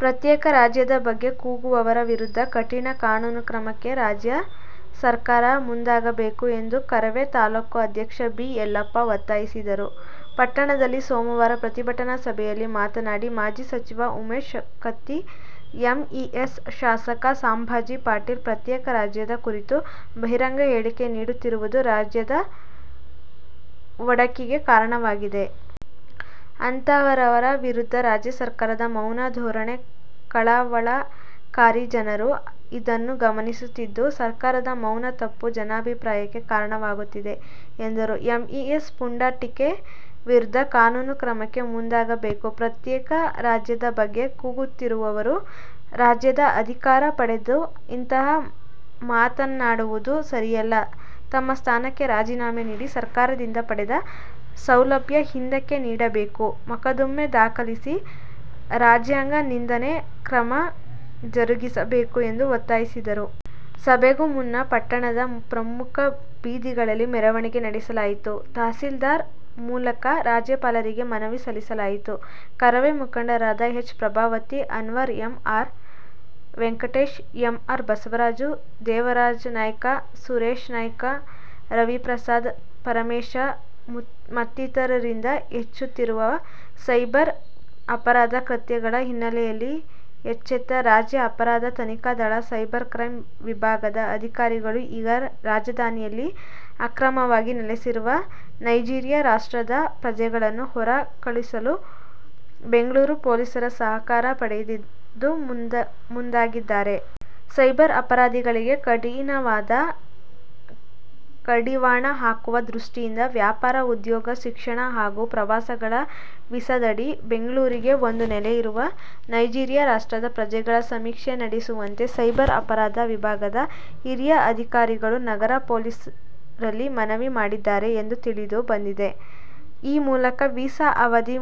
ಪ್ರತ್ಯೇಕ ರಾಜ್ಯದ ಬಗ್ಗೆ ಕೂಗುವವರ ವಿರುದ್ಧ ಕಠಿಣ ಕಾನೂನು ಕ್ರಮಕ್ಕೆ ರಾಜ್ಯ ಸರ್ಕಾರ ಮುಂದಾಗಬೇಕು ಎಂದು ಕರವೇ ತಾಲೂಕು ಅಧ್ಯಕ್ಷ ಬಿ. ಯಲ್ಲಪ್ಪ ಒತ್ತಾಯಿಸಿದರು. ಪಟ್ಟಣದಲ್ಲಿ ಸೋಮವಾರ ಪ್ರತಿಭಟನಾ ಸಭೆಯಲ್ಲಿ ಮಾತನಾಡಿ, ಮಾಜಿ ಸಚಿವ ಉಮೇಶ ಕತ್ತಿ, ಎಂಇಎಸ್ ಶಾಸಕ ಸಾಂಬಾಜಿ ಪಾಟೀಲ್ ಪ್ರತ್ಯೇಕ ರಾಜ್ಯದ ಕುರಿತು ಬಹಿರಂಗ ಹೇಳಿಕೆ ನೀಡುತ್ತಿರುವುದು ರಾಜ್ಯದ ಒಡಕಿಗೆ ಕಾರಣವಾಗುತ್ತಿದೆ. ಅಂತಹವರ ವಿರುದ್ಧ ರಾಜ್ಯ ಸರ್ಕಾರದ ಮೌನ ಧೋರಣೆ ಕಳವಳಕಾರಿ ಜನರು. ಇದನ್ನು ಗಮನಿಸುತ್ತಿದ್ದು ಸರ್ಕಾರದ ಮೌನ ತಪ್ಪು ಜನಾಭಿಪ್ರಾಯಕ್ಕೆ ಕಾರಣವಾಗುತ್ತಿದೆ ಎಂದರು. ಎಂಇಎಸ್ ಪುಂಡಾಟಿಕೆ ವಿರುದ್ಧ ಕಾನೂನು ಕ್ರಮಕ್ಕೆ ಮುಂದಾಗಬೇಕು. ಪ್ರತ್ಯೇಕ ರಾಜ್ಯದ ಬಗ್ಗೆ ಕೂಗುತ್ತಿರುವವರು ರಾಜ್ಯದ ಅಧಿಕಾರ ಪಡೆದು ಇಂತಹ ಮಾತನ್ನಾಡುವುದು ಸರಿಯಲ್ಲ. ತಮ್ಮ ಸ್ಥಾನಕ್ಕೆ ರಾಜೀನಾಮೆ ನೀಡಿ, ಸರ್ಕಾರದಿಂದ ಪಡೆದ ಸೌಲಭ್ಯ ಹಿಂದಕ್ಕೆ ನೀಡಬೇಕು ಮೊಕ್ಕದ್ದಮೆ ದಾಖಲಿಸಿ ರಾಜ್ಯಾಂಗ ನಿಂದನೆ ಕ್ರಮ ಜರುಗಿಸಬೇಕು ಎಂದು ಒತ್ತಾಯಿಸಿದರು. ಸಭೆಗೂ ಮುನ್ನ ಪಟ್ಟಣದ ಪ್ರಮುಖ ಬೀದಿಗಳಲ್ಲಿ ಮೆರವಣಿಗೆ ನಡೆಸಲಾಯಿತು. ತಹಶೀಲ್ದಾರ್ ಮೂಲಕ ರಾಜ್ಯಪಾಲರಿಗೆ ಮನವಿ ಸಲ್ಲಿಸಲಾಯಿತು. ಕರವೇ ಮುಖಂಡರಾದ H. Prabhavati, Anwar, M. R. Venkatesha, M. R. Basavaraja, Devarajanayka, Sureshanayka, Raviprasad, Paramesha ಮತ್ತಿತರರಿದ್ದರು. ಹೆಚ್ಚುತ್ತಿರುವ ಸೈಬರ್ ಅಪರಾಧ ಕೃತ್ಯಗಳ ಹಿನ್ನೆಲೆಯಲ್ಲಿ ಎಚ್ಚೆತ್ತ ರಾಜ್ಯ ಅಪರಾಧ ತನಿಖಾ ದಳ ಸೈಬರ್ ಕ್ರೈಂ ವಿಭಾಗದ ಅಧಿಕಾರಿಗಳು ಈಗ ರಾಜಧಾನಿಯಲ್ಲಿ ಅಕ್ರಮವಾಗಿ ನೆಲೆಸಿರುವ ನೈಜೀರಿಯಾ ರಾಷ್ಟ್ರದ ಪ್ರಜೆಗಳನ್ನು ಹೊರ ಕಳುಹಿಸಲು ಬೆಂಗಳೂರು ಪೊಲೀಸರ ''''''ಸಹಕಾರ'' ಪಡೆಯಲು ಮುಂದಾಗಿದ್ದಾರೆ. ಸೈಬರ್ ಅಪರಾಧಗಳಿಗೆ ಕಡಿವಾಣ ಹಾಕುವ ದೃಷ್ಟಿಯಿಂದ ವ್ಯಾಪಾರ, ಉದ್ಯೋಗ, ಶಿಕ್ಷಣ ಹಾಗೂ ಪ್ರವಾಸಗಳ ವೀಸಾದಡಿ ಬೆಂಗಳೂರಿಗೆ ಬಂದು ನೆಲೆಸಿರುವ ನೈಜೀರಿಯಾ ರಾಷ್ಟ್ರದ ಪ್ರಜೆಗಳ ಸಮೀಕ್ಷೆ ನಡೆಸುವಂತೆ ಸೈಬರ್ ಅಪರಾಧ ವಿಭಾಗದ ಹಿರಿಯ ಅಧಿಕಾರಿಗಳು ನಗರ ಪೊಲೀಸರಲ್ಲಿ ಮನವಿ ಮಾಡಿದ್ದಾರೆ ಎಂದು ತಿಳಿದು ಬಂದಿದೆ. ಈ ಮೂಲಕ ವೀಸಾ ಅವಧಿ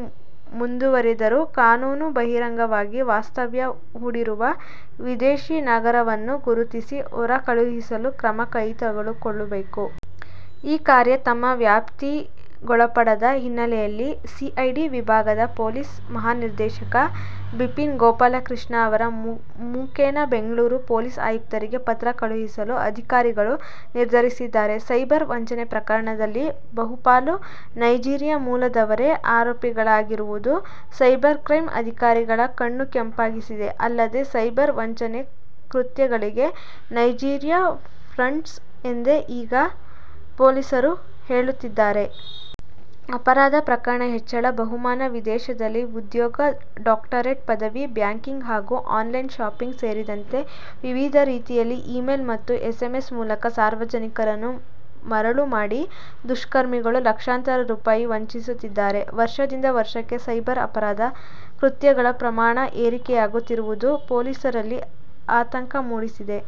ಮುಗಿದರೂ ಕಾನೂನು ಬಾಹಿರವಾಗಿ ವಾಸ್ತವ್ಯ ಹೂಡಿರುವ ವಿದೇಶಿ ನಾಗರಿಕರನ್ನು ಗುರುತಿಸಿ ಹೊರ ಕಳುಹಿಸಲು ಕ್ರಮ ತೆಗೆದುಕೊಳ್ಳಬೇಕು. ಈ ಕಾರ್ಯ ತಮ್ಮ ವ್ಯಾಪ್ತಿಗೊಳಪಡದ ಹಿನ್ನೆಲೆಯಲ್ಲಿ ಸಿಐಡಿ ವಿಭಾಗದ ಪೊಲೀಸ್ ಮಹಾನಿರ್ದೇಶಕ ಬಿಪಿನ್ ಗೋಪಾಲಕೃಷ್ಣ ಅವರ ಮುಖೇನ ಬೆಂಗಳೂರು ಪೊಲೀಸ್ ಆಯುಕ್ತರಿಗೆ ಪತ್ರ ಕಳುಹಿಸಲು ಅಧಿಕಾರಿಗಳು ನಿರ್ಧರಿಸಿದ್ದಾರೆ. ಸೈಬರ್ ವಂಚನೆ ಪ್ರಕರಣದಲ್ಲಿ ಬಹುಪಾಲು ನೈಜೀರಿಯಾ ಮೂಲದವರೇ ಆರೋಪಿಗಳಾಗಿರುವುದು ಸೈಬರ್ ಕ್ರೈಂ ಅಧಿಕಾರಿಗಳ ಕಣ್ಣು ಕೆಂಪಾಗಿಸಿದೆ. ಅಲ್ಲದೆ, ಸೈಬರ್ ವಂಚನೆ ಕೃತ್ಯಗಳಿಗೆ ''''ನೈಜೀರಿಯಾ ಫ್ರಾಡ್ಸ್'' ಎಂದೇ ಈಗ ಪೊಲೀಸರು ಹೇಳುತ್ತಿದ್ದಾರೆ. ಅಪರಾಧ ಪ್ರಮಾಣ ಹೆಚ್ಚಳ: ಬಹುಮಾನ, ವಿದೇಶದಲ್ಲಿ ಉದ್ಯೋಗ, ಡಾಕ್ಟರೇಟ್ ಪದವಿ, ಬ್ಯಾಂಕಿಂಗ್ ಹಾಗೂ ಆನ್ಲೈನ್ ಶಾಪಿಂಗ್ ಸೇರಿದಂತೆ ವಿವಿಧ ರೀತಿಯಲ್ಲಿ ಇ-ಮೇಲ್ ಮತ್ತು ಎಸ್ಎಂಎಸ್ ಮೂಲಕ ಸಾರ್ವಜನಿಕರನ್ನು ಮರಳು ಮಾಡಿ ದುಷ್ಕರ್ಮಿಗಳು ಲಕ್ಷಾಂತರ ರೂ. ವಂಚಿಸುತ್ತಿದ್ದಾರೆ. ವರ್ಷದಿಂದ ವರ್ಷಕ್ಕೆ ಸೈಬರ್ ಅಪರಾಧ ಕೃತ್ಯಗಳ ಪ್ರಮಾಣ ಏರಿಕೆಯಾಗುತ್ತಿರುವುದು ಪೊಲೀಸರಲ್ಲಿ ಆತಂಕ ಮೂಡಿಸಿದೆ.